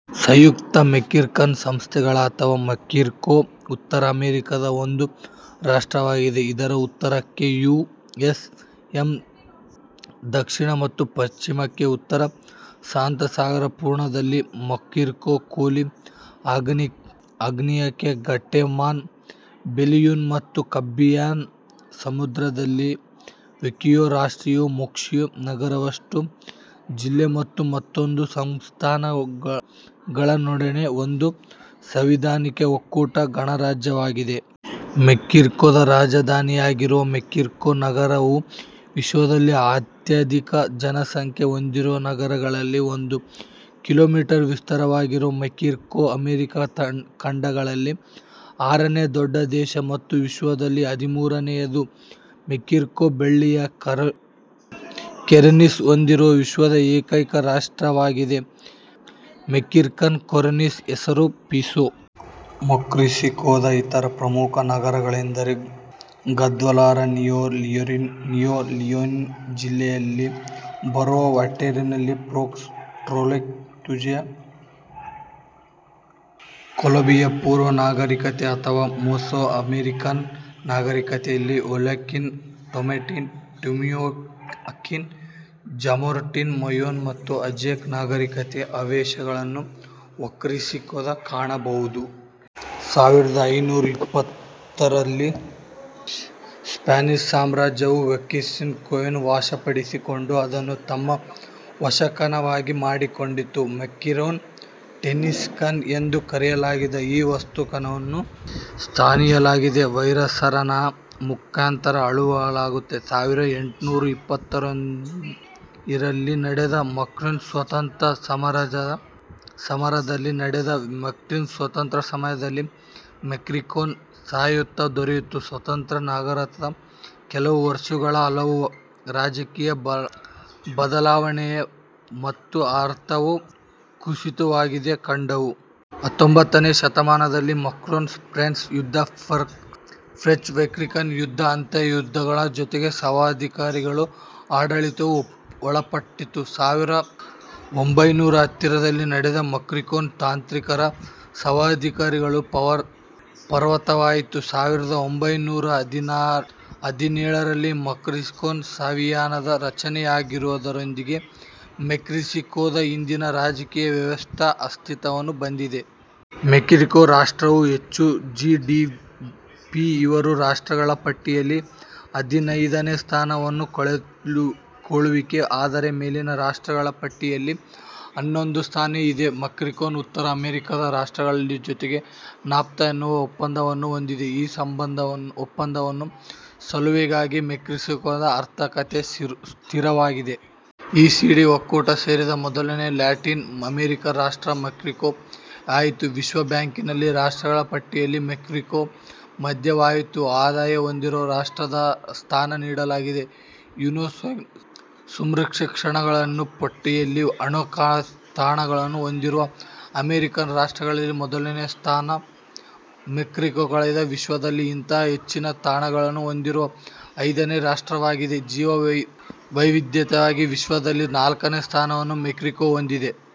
ಸಂಯುಕ್ತ Mexican ಸಂಸ್ಥಾನಗಳು ಅಥವಾ Mexico ಉತ್ತರ ಅಮೆರಿಕಾದ ಒಂದು ರಾಷ್ಟ್ರವಾಗಿದೆ. ಇದರ ಉತ್ತರಕ್ಕೆ ಯು. ಎಸ್. ಎ, ದಕ್ಷಿಣ ಮತ್ತು ಪಶ್ಚಿಮಕ್ಕೆ ಉತ್ತರ ಶಾಂತಸಾಗರ, ಪೂರ್ವದಲ್ಲಿ ಮೆಕ್ಸಿಕೋ ಕೊಲ್ಲಿ, ಆಗ್ನೇಯಕ್ಕೆ ಗ್ವಾಟೆಮಾಲಾ, ಬೆಲಿಝ್ ಮತ್ತು ಕೆರಿಬ್ಬಿಯನ್ ಸಮುದ್ರಗಳಿವೆ. ಮೆಕ್ಸಿಕೋ ರಾಷ್ಟ್ರವು ಮೆಕ್ಸಿಕೋ ನಗರವುಳ್ಳ ಜಿಲ್ಲೆ ಮತ್ತು ಮೂವತ್ತೊಂದು ಸಂಸ್ಥಾನಗಳನ್ನೊಳಗೊಂಡ ಒಂದು ಸಾಂವಿಧಾನಿಕ ಒಕ್ಕೂಟ ಗಣರಾಜ್ಯವಾಗಿದೆ. ಮೆಕ್ಸಿಕೋದ ರಾಜಧಾನಿಯಾಗಿರುವ ಮೆಕ್ಸಿಕೋ ನಗರವು ವಿಶ್ವದಲ್ಲಿ ಅತ್ಯಧಿಕ ಜನಸಂಖ್ಯೆ ಹೊಂದಿರುವ ನಗರಗಳಲ್ಲಿ ಒಂದು. ಕಿಲೋ ಮೀಟರ್ ವಿಸ್ತಾರವಾಗಿರುವ ಮೆಕ್ಸಿಕೋ ಅಮೆರಿಕಾ ಖಂಡಗಳಲ್ಲಿ ಆರನೆಯ ದೊಡ್ಡ ದೇಶ ಮತ್ತು ವಿಶ್ವದಲ್ಲಿ ಹದಿಮೂರನೆಯದು. ಮೆಕ್ಸಿಕೋ ಬೆಳ್ಳಿಯ ಕೆರೆನ್ಸಿ ಹೊಂದಿರುವ ವಿಶ್ವದ ಏಕೈಕ ರಾಷ್ಟ್ರವಾಗಿದೆ. ಮೆಕ್ಸಿಕನ್ ಕರೆನ್ಸಿಯ ಹೆಸರು ಪಿಸೋ. ಮೆಕ್ಸಿಕೋದ ಇತರ ಪ್ರಮುಖ ನಗರಗಳೆಂದರೆ Guadalajara, Nuevo Leon, Nuevo Leon ಜಿಲ್ಲೆಯಲ್ಲಿ ಬರುವ Monterrey, Puebla, Toluca, Tijuana. Columbia ಪೂರ್ವ ನಾಗರಿಕತೆ ಅಥವಾ ಮೆಸೋ ಅಮೇರಿಕನ್ ನಾಗರೀಕತೆಗಳಾದ Olmec, Toltec, Teotihuacan, Zapotec, Mayan ಮತ್ತು ಅಜ್ಟೆಕ್ ನಾಗರೀಕತೆಗಳ ಅವಶೇಷಗಳನ್ನು ಮೆಕ್ಸಿಕೋದಲ್ಲಿ ಕಾಣಬಹುದು. ಸಾವಿರದ ಐನೂರ ಇಪ್ಪತ್ತೊಂದರಲ್ಲಿ ಸ್ಪಾನಿಷ್ ಸಾಮ್ರಾಜ್ಯವು ಮೆಕ್ಸಿಕೋವನ್ನು ವಶಪಡಿಸಿಕೊಂಡು ಅದನ್ನು ತಮ್ಮ ವಸಾಹಸುವನ್ನಾಗಿ ಮಾಡಿಕೊಂಡಿತು. ಮೆಕ್ಸಿಕೋ-ಟೆನೊಕ್ಟಿಲಾನ್ ಎಂದು ಕರೆಯಲಾದ ಈ ವಸಾಹುತನ್ನು ಸ್ಪೇನಿನಲ್ಲಿದ್ದ ವೈಸರಾಯನ ಮುಖಾಂತರ ಆಳಲಾಗುತ್ತಿತ್ತು. ಸಾವಿರ ಎಂಟುನೂರ ಇಪ್ಪತ್ತೊಂದರಲ್ಲಿ ನಡೆದ ಮೆಕ್ಸಿಕೋ ಸ್ವಾತಂತ್ರ್ಯ ಸಮರದಲ್ಲಿ ಮೆಕ್ಸಿಕೋಗೆ ಸ್ವಾಯುತ್ತತೆ ದೊರಕಿತು. ಸ್ವಾತಂತ್ರ್ಯಾನಂತರದ ಕೆಲವು ವರ್ಷಗಳು ಹಲವು ರಾಜಕೀಯ ಬದಲಾವಣೆಗಳು ಮತ್ತು ಆರ್ಥಿಕ ಕುಸಿತಗಳನ್ನು ಕಂಡವು. ಹತ್ತೊಂಭತ್ತನೇ ಶತಮಾನದಲ್ಲಿನ ಮೆಕ್ಸಿಕೋ ಪಾಸ್ತ್ರಿ ಯುದ್ದ, ಫ್ರೆಂಚ್- ಮೆಕ್ಸಿಕನ್ ಯುದ್ದ, ಅಂತರ್ಯುದ್ದಗಳ ಜೊತೆಗೆ ಸರ್ವಾಧಿಕಾರಿಗಳ ಆಡಳಿತಕ್ಕೂ ಒಳಪಟ್ಟಿತು. ಸಾವಿರ ಒಂಭೈನೂರ ಹತ್ತರಲ್ಲಿ ನಡೆದ ಮೆಕ್ಸಿಕೋ ಕ್ರಾಂತಿಯಲ್ಲಿ ಸರ್ವಾಧಿಕಾರಿಯ ಪತನವಾಯಿತು. ಸಾವಿರದ ಒಂಭೈನೂರ ಹದಿನೇಳರಲ್ಲಿ ಮೆಕ್ಸಿಕೋ ಸಂವಿಧಾನದ ರಚನೆಯಾಗುವುದರೊಂದಿಗೆ ಮೆಕ್ಸಿಕೋದ ಇಂದಿನ ರಾಜಕೀಯ ವ್ಯವಸ್ಥೆ ಅಸ್ತಿತ್ವಕ್ಕೆ ಬಂದಿದೆ. ಮೆಕ್ಸಿಕೋ ರಾಷ್ಟ್ರವು ಹೆಚ್ಚು ಜಿ. ಡಿ. ಪಿ ಇರುವ ರಾಷ್ಟ್ರಗಳ ಪಟ್ಟಿಯಲ್ಲಿ ಹದಿನೈದನೇ ಸ್ಥಾನದಲ್ಲೂ ಕೊಳ್ಳುವಿಕೆಯ ಆಧಾರದ ಮೇಲಿನ ರಾಷ್ಟ್ರಗಳ ಪಟ್ಟಿಯಲ್ಲಿ ಹನ್ನೊಂದನೆ ಸ್ಥಾನದಲ್ಲೂ ಇದೆ. ಮೆಕ್ಸಿಕೋ ಉತ್ತರ ಅಮೇರಿಕನ್ ರಾಷ್ಟ್ರಗಳ ಜೊತೆಗೆ ನಾಫ್ತಾ ಎನ್ನುವ ಒಪ್ಪಂದವನ್ನು ಹೊಂದಿದೆ. ಈ ಒಪ್ಪಂದದ ಸಲುವಾಗಿಯೇ ಮೆಕ್ಸಿಕೋದ ಆರ್ಥಿಕತೆ ಸ್ಥಿರವಾಗಿದೆ. ಇ. ಸಿ. ಡಿ ಒಕ್ಕೂಟ ಸೇರಿದ ಮೊದಲನೆಯ ಲ್ಯಾಟಿನ್ ಅಮೇರಿಕನ್ ರಾಷ್ಟ್ರ ಮೆಕ್ಸಿಕೋ ಆಯಿತು. ವಿಶ್ವಬ್ಯಾಂಕಿನಲ್ಲಿನ ರಾಷ್ಟ್ರಗಳ ಪಟ್ಟಿಯಲ್ಲಿ ಮೆಕ್ಸಿಕೋಗೆ ಮಧ್ಯಮೋತ್ತಮ ಆದಾಯ ಹೊಂದಿರುವ ರಾಷ್ಟ್ರದ ಸ್ಥಾನ ನೀಡಲಾಗಿದೆ. ಯುನೆಸ್ಕೋದ ಸಂರಕ್ಷಿತ ತಾಣಗಳ ಪಟ್ಟಿಯಲ್ಲಿ ಹೆಚ್ಚು ತಾಣಗಳನ್ನು ಹೊಂದಿರುವ ಅಮೇರಿಕನ್ ರಾಷ್ಟ್ರಗಳಲ್ಲಿ ಮೊದಲನೆಯ ಸ್ಥಾನ ಮೆಕ್ಸಿಕೋದ್ದಾಗಿದೆ ವಿಶ್ವದಲ್ಲೇ ಇಂತಹ ಹೆಚ್ಚಿನ ತಾಣಗಳನ್ನು ಹೊಂದಿರುವ ಐದನೇ ರಾಷ್ಟ್ರವಾಗಿದೆ. ಜೀವ ವೈವಿಧ್ಯತೆಯಲ್ಲಿ ವಿಶ್ವದಲ್ಲೇ ನಾಲ್ಕನೆಯ ಸ್ಥಾನವನ್ನು ಮೆಕ್ಸಿಕೋ ಹೊಂದಿದೆ.